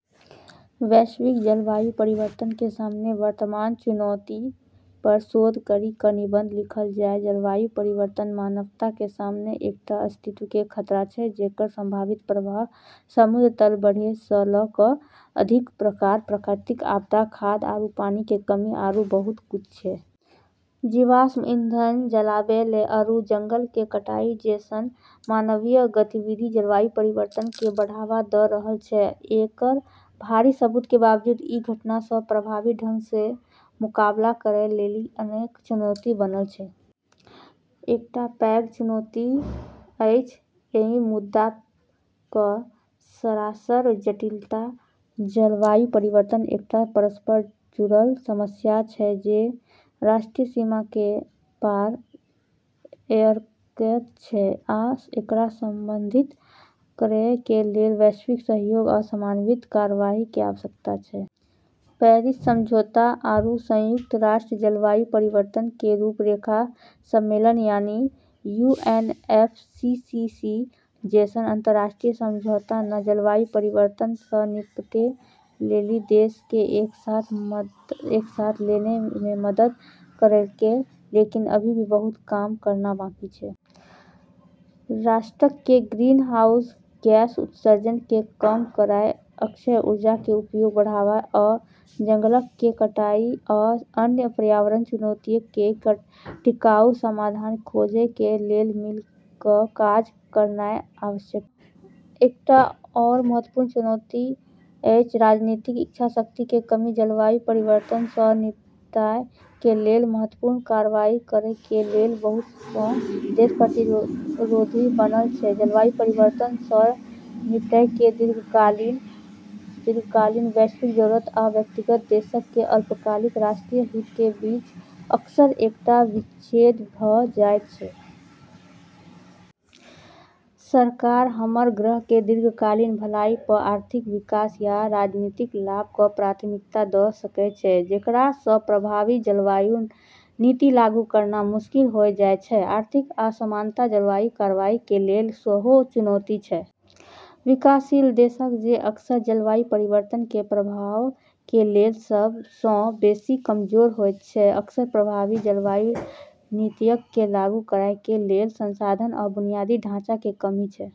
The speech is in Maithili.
वैश्विक जलवायु परिवर्तन के सामने वर्तमान चुनौतिय प शोध करी क निबंध लिखल जाय जलवायु परिवर्तन मानवता के सामने एकटा अस्तित्व के खतरा छै, जेकर संभावित प्रभाव समुद्र तल बढ़ै स ल क अधिक बार प्राकृतिक आपदा, खाद्य आरू पानी के कमी, आरू बहुत कुछ छै। जीवाश्म ईंधन जलाबै आरू जंगल के कटाई जैसन मानवीय गतिविधि जलवायु परिवर्तन क बढ़ावा द रहल छै। एकर भारी सबूत के बावजूद, ई घटना स प्रभावी ढंग स मुकाबला करै लेली अनेक चुनौती बनल छै। एकटा पैघ चुनौती अछि एहि मुद्दा क सरासर जटिलता। जलवायु परिवर्तन एकटा परस्पर जुड़ल समस्या छै जे राष्ट्रीय सीमा के पार करएयत छै, आ एकरा संबोधित करएय के लेल वैश्विक सहयोग आ समन्वित कार्यवाही के आवश्यकता छै। पेरिस समझौता आरू संयुक्त राष्ट्र जलवायु परिवर्तन के रूपरेखा सम्मेलन यानी यूएनएफसीसीसी जैसन अंतर्राष्ट्रीय समझौता न जलवायु परिवर्तन स निपटै लेली देश क एक साथ लानै मे मदद करलकै, लेकिन अभी भी बहुत काम करना बाकी छै। राष्ट्रक के ग्रीनहाउस गैस उत्सर्जन के कम करय, अक्षय ऊर्जा के उपयोग बढ़ावा, आ जंगलक के कटाई आ अन्य पर्यावरणीय चुनौतियक के टिकाऊ समाधान खोजय के लेल मिल क काज करनाय आवश्यक छै। एकटा आओर महत्वपूर्ण चुनौती अछि राजनीतिक इच्छाशक्ति के कमी। जलवायु परिवर्तन सं निपटय के लेल महत्वपूर्ण कार्रवाई करय के लेल बहुत सं देश प्रतिरोधी बनल छै। जलवायु परिवर्तन सं निपटय के दीर्घकालिक, वैश्विक जरूरत आ व्यक्तिगत देशक के अल्पकालिक, राष्ट्रीय हितक के बीच अक्सर एकटा विच्छेद भ जायत छै। सरकार हमर ग्रह के दीर्घकालिक भलाई प आर्थिक विकास या राजनीतिक लाभ क प्राथमिकता द सकै छै, जेकरा स प्रभावी जलवायु नीति लागू करना मुश्किल होय जाय छै। आर्थिक असमानता जलवायु कार्यवाही के लेल सेहो चुनौती छै। विकासशील देशक, जे अक्सर जलवायु परिवर्तन के प्रभावक के लेल सब सं बेसि कमजोर होयत छै, अक्सर प्रभावी जलवायु नीतियक के लागू करय के लेल संसाधनक आ बुनियादी ढाँचा के कमी छै।